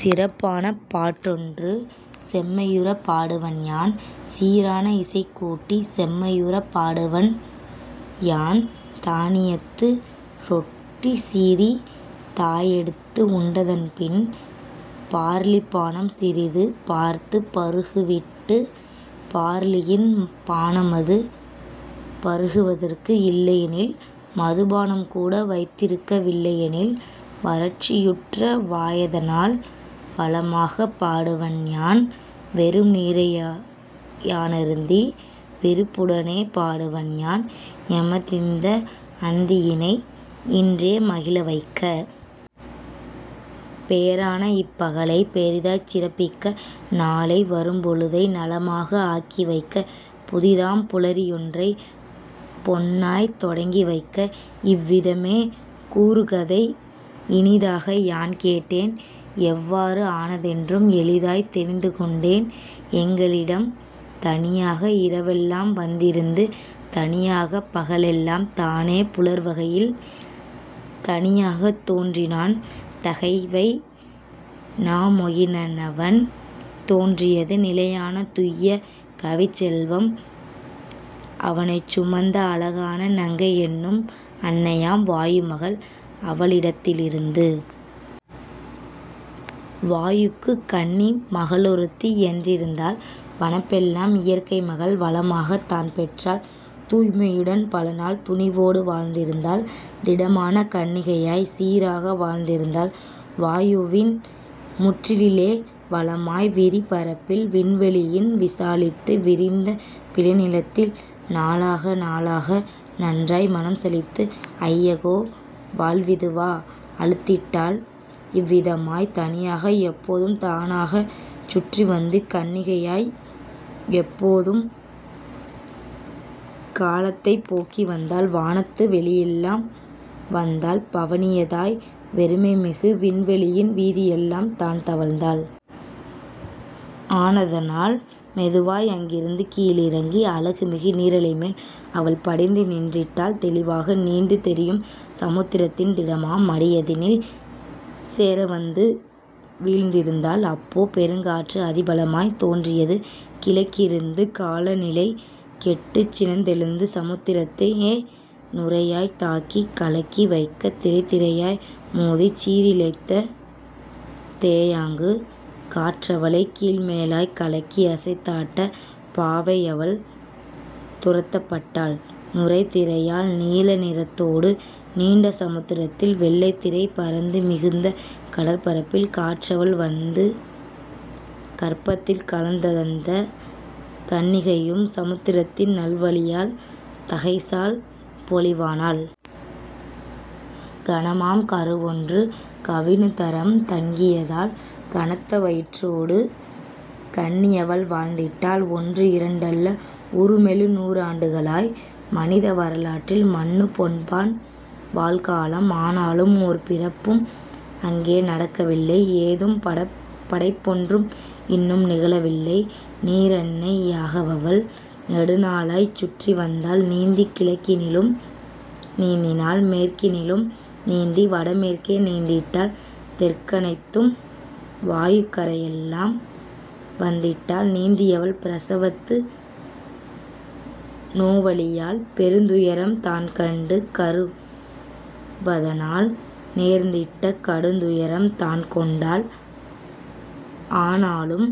சிறப்பான பாட்டொன்று செம்மையுறப் பாடுவன்யான் சீரான இசைக்கூட்டிச் செம்மையுறப் பாடுவன்யான் தானியத்து ரொட்டிசிறி தாயெடுத்து உண்டதன்பின் பார்லிப்பானம் சிறிது பார்த்துப் பருகுவிட்டு பார்லியின் பானமது பருகுதற்கு இல்லையெனில் மதுபானம் கூட வைத்திருக்க வில்லையெனில் வறட்சியுற்ற வாயதனால் வளமாகப் பாடுவன்யான் வெறும்நீரை யானருந்தி விருப்புடனே பாடுவன்யான் எமதிந்த அந்தியினை இன்றே மகிழவைக்க. பேரான இப்பகலைப் பெரிதாய்ச் சிறப்பிக்க நாளை வரும்பொழுதை நலமாக ஆக்கிவைக்க புதிதாம் புலரியொன்றைப் பொன்னாய்த் தொடங்கிவைக்க. இவ்விதமே கூறுகதை இனிதாக யான்கேட்டேன் எவ்வாறு ஆனதென்றும் எளிதாய்த் தெரிந்துகொண்டேன்: எங்களிடம் தனியாக இரவெல்லாம் வந்திருந்து தனியாகப் பகலெல்லாம் தானே புலர்வகையில். தனியாகத் தோன்றினான் தகைவைனாமொயினனவன் தோன்றியது நிலையான துய்ய கவிச்செல்வம் அவனைச் சுமந்த அழகான நங்கையென்னும் அன்னையாம் வாயுமகள் அவளிடத்திலிருந்து. வாயுக்குக் கன்னி மகளொருத்தி யன்றிருந்தாள் வனப்பெல்லாம் இயற்கைமகள் வளமாகத் தான்பெற்றாள் தூய்மையுடன் பலநாள் துணிவோடு வாழ்ந்திருந்தாள் திடமான கன்னிகையாய்க் சீராக வாழ்ந்திருந்தாள் வாயுவின் முன்றிலிலே வளமாய் விரிபரப்பில் விண்வெளியின் விசாலித்து விரிந்த விளைநிலத்தில். நாளாக நாளாக நன்றாய் மனம்சலித்து ஐயகோ வாழ்விதுவா அலுத்திட்டாள் இவ்விதமாய் தனியாக எப்போதும் தானாகச் சுற்றிவந்து கன்னிகையாய் எப்போதும் காலத்தைப் போக்கிவந்தாள் வானத்து வெளியெல்லாம் வந்தாள் பவனியதாய் வெறுமைமிகு விண்வெளியின் வீதியெல்லாம் தான்தவழ்ந்தாள். ஆனதனால் மெதுவாய் அங்கிருந்து கீழிறங்கி அழகுமிகு நீரலைமேல் அவள்படிந்து நின்றிட்டாள் தெளிவாக நீண்டு தெரியும் சமுத்திரத்தின் திடமாம் மடியதனில் சேரவந்து வீழ்ந்திருந்தாள். அப்போ பெருங்காற்று அதிபலமாய்த் தோன்றியது கிழக்கிருந்து காலநிலை கெட்டுச் சினந்தெழுந்து சமுத்திரத்தை யேநுரையாய்த் தாக்கிக் கலக்கிவைக்க திரைதிரையாய் மோதிச் சீரழித்த தேயாங்கு. காற்றவளைக் கீழ்மேலாய்க் கலக்கி யசைத்தாட்ட பாவை யவள்துரத்தப் பட்டாள் நுரைதிரையால் நீல நிறத்தோடு நீண்ட சமுத்திரத்தில் வெள்ளைத் திரைபரந்து மிகுந்த கடற்பரப்பில் காற்றவள் வந்து கர்ப்பத்தில் கலந்தந்தக் கன்னிகையும் சமுத்திரத்தின் நல்வலியால் தகைசால் பொலிவானாள். கனமாம் கருவொன்று கவினுதரம் தங்கியதால் கனத்த வயிற்றோடு கன்னியவள் வாழ்ந்திட்டாள் ஒன்று இரண்டல்ல உறுமெழுநூறாண்டுகளாய் மனித வரலாற்றில் மன்னுபொன்பான் வாழ்காலம் ஆனாலும் ஓர்பிறப்பும் அங்கே நடக்கவில்லை ஏதும் படைப்பொன்றும் இன்னும் நிகழவில்லை. நீரன்னை யாகவவள் நெடுநாளாய்ச் சுற்றிவந்தாள் நீந்திக் கிழக்கினிலும் நீந்தினாள் மேற்கினிலும் நீந்தி வடமேற்கே நீந்திட்டாள் தெற்கனைத்தும் வாயுக் கரையெல்லாம் வந்திட்டாள் நீந்தியவள் பிரசவத்து நோவலியால் பெருந்துயரம் தான்கண்டு கருவதனால் நேர்ந்திட்ட கடுந்துயரம் தான்கொண்டாள் ஆனாலும்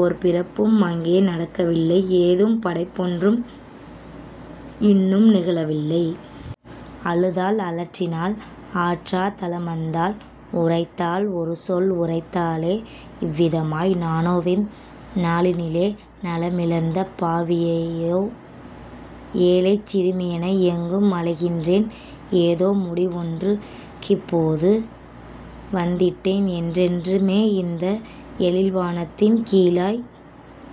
ஓர்பிறப்பும் அங்கே நடக்கவில்லை ஏதும் படைப்பொன்றும் இன்னும் நிகழவில்லை. அழுதாள் அரற்றினாள் ஆற்றா தலமந்தாள் உரைத்தாள் ஒருசொல் உரைத்தாளே இவ்விதமாய்: நானோவிந் நாளினிலே நலமிழந்த பாவியையோ ஏழைச் சிறுமியென எங்கும் அலைகின்றேன் ஏதோ முடிவொன்றுக் கிப்போது வந்திட்டேன் என்றென்று மேயிந்த எழில்வானத் தின்கீழாய்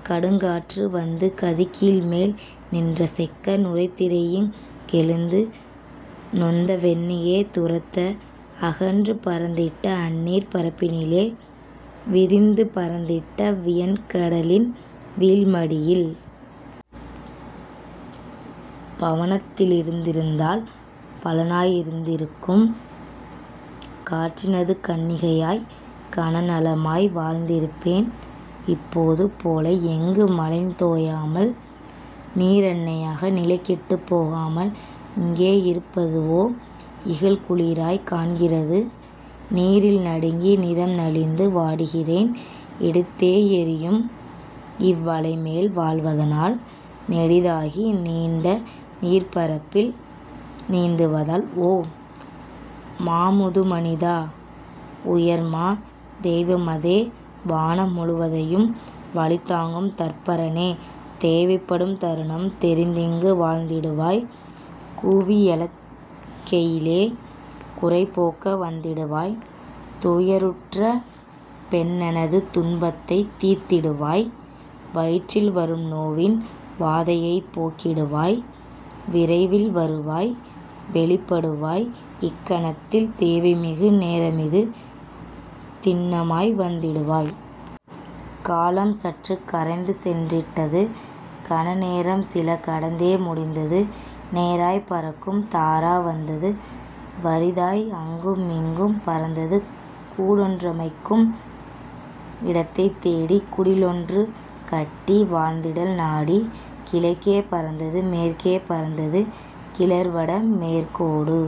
கடுங்காற்று வந்து கதிகீழ்மேல் நின்றசைக்க நுரைதிரை யிங்கெழுந்து நொந்தவென்னை யேதுரத்த அகன்று பரந்திட்ட அந்நீர்ப் பரப்பினிலே விரிந்து பரந்திட்ட வியன்கடலின் வீழ்மடியில். பவனத்தி லிருந்திருந்தால் பலனாயிருந்திருக்கும் காற்றினது கன்னிகையாய் கனநலமாய் வாழ்ந்திருப்பேன் இப்போது போல எங்குமலைந் தோயாமல் நீரன்னை யாக நிலைகெட்டுப் போகாமல்: இங்கே யிருப்பதுவோ இகல்குளிராய்க் காண்கிறது நீரில் நடுங்கி நிதம்நலிந்து வாடுகிறேன் எடுத்தே யெறியும் இவ்வலைமேல் வாழ்வதனால் நெடிதாகி நீண்ட நீர்ப்பரப்பில் நீந்துவதால். ஓ மாமுதுமனிதா உயர்மா தெய்வமதே வானம் முழுவதையும் வலிதாங்கும் தற்பரனே தேவைப்படும்தருணம் தெரிந்திங்கு வந்திடுவாய் கூவி யழைக்கையிலே குறைபோக்க வந்திடுவாய் துயருற்ற பெண்ணெனது துன்பத்தைத் தீர்த்திடுவாய் வயிற்றில் வரும்நோவின் வாதையைப் போக்கிடுவாய் விரைவில் வருவாய் வெளிப்படுவாய் இக்கணத்தில் தேவைமிகு நேரமிது திண்ணமாய் வந்திடுவாய். காலம் சற்றுக் கரைந்துசென்றிட்டது கணநேரம்சில கடந்தே முடிந்தது நேராய்ப் பறக்கும் தாரா வந்தது வறிதாய் அங்கும் இங்கும் பறந்தது கூடொன்றமைக்கும் இடத்தைத் தேடி குடிலொன்று கட்டி வாழ்ந்திடல் நாடி. கிழக்கே பறந்தது மேற்கே பறந்தது கிளர்வட மேற்கொடு